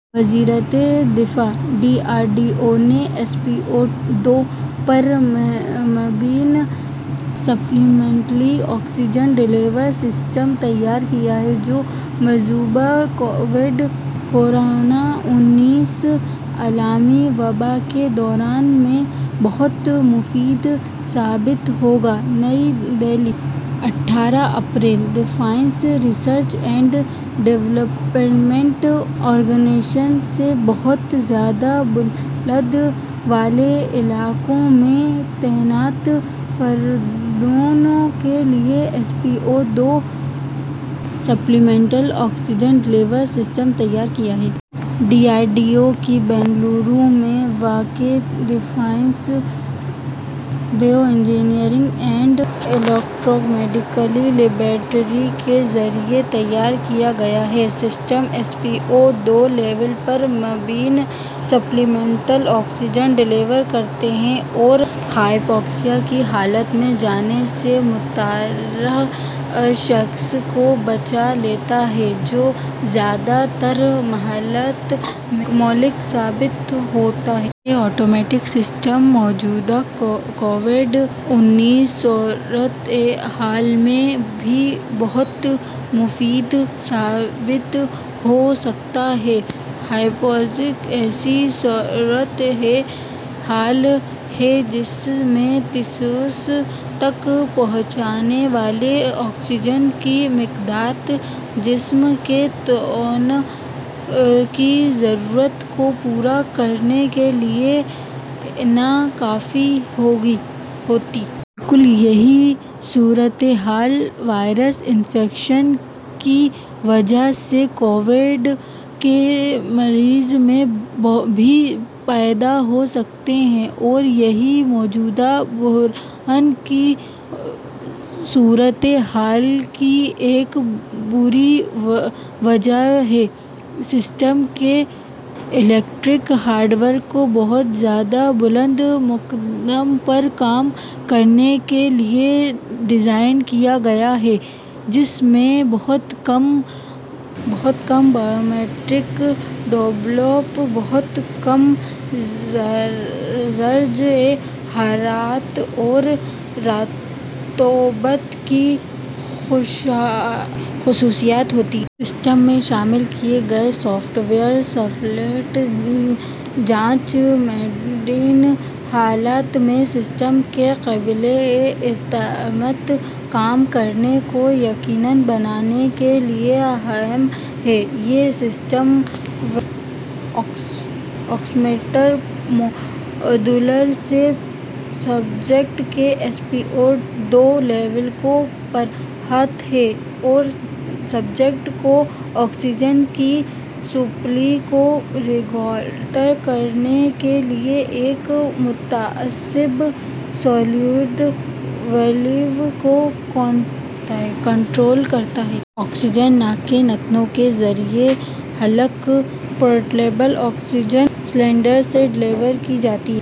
وزارت دفاع D R D O نے ایس پی او ٹو پر مبنی سپلیمنٹل آکسیجن ڈلیوری سسٹم تیار کیا، جو موجودہ کووڈ-انیس عالمی وبا کے دور میں بہت مفید ثابت ہوگا۔ نئی دہلی، اٹھارہ اپریل: defence research and development organisation نے بہت زیادہ بلندی والے علاقوں میں تعینات فوجیوں کے لیے S P O two supplemental oxygen delivery system تیار کیا ہے۔ ڈی آر ڈی او کی بنگلورو میں واقع defence bio engineering and electro medical laboratory کے ذریعے تیار کیا گیا یہ system S P O two level پر مبنی سپلیمنٹل آکسیجن ڈلیور کرتا ہے اور ہائپوکسیا کی حالت میں جانے سے متاثرہ شخص کو بچا لیتا ہے، جو زیادہ تر معاملات میں مہلک ثابت ہوتا ہے۔ یہ آٹومیٹک سسٹم موجودہ کووڈ-انیس صورتحال میں بھی بہت مفید ثابت ہوسکتا ہے۔ ہائپوکسیا ایسی صورتحال ہے جس میں ٹشوز تک پہنچنے والی آکسیجن کی مقدار جسم کی توانائی کی ضرورت کو پورا کرنے کے لیے ناکافی ہوتی ہے۔ بالکل یہی صورتحال وائرس انفیکشن کی وجہ سے کووڈ کے مریض میں بھی پیدا ہوجاتی ہے اور یہی موجودہ بحران کی صورتحال کی ایک بڑی وجہ ہے۔ سسٹم کے الیکٹرانک ہارڈ ویئر کو بہت زیادہ بلند مقامات پر کام کرنے کے لیے ڈیزائن کیا گیا ہے، جس میں بہت کم بیرو میٹرک دباؤ، بہت کم درجہ حرارت اور رطوبت کی خصوصیات ہوتی ہیں۔ سسٹم میں شامل کیے گئے سافٹ ویئر سیفٹی جانچ میدانی حالات میں سسٹم کے قابلِ اعتماد کام کرنے کو یقینی بنانے کے لیے اہم ہے۔ یہ سسٹم وائرلیس انٹرفیس کے ذریعے کلائی پر پہنے جانے والے پلس آکسی میٹر ماڈیول سے سبجیکٹ کے S P O two level کو پڑھتا ہے اور سبجیکٹ کو آکسیجن کی سپلائی کو ریگولیٹ کرنے کے لیے ایک متناسب سولینائڈ والو کو کنٹرول کرتا ہے۔ آکسیجن ناک کے نتھنوں کے ذریعے ہلکے پورٹیبل آکسیجن سلنڈر سے ڈلیور کی جاتی ہے۔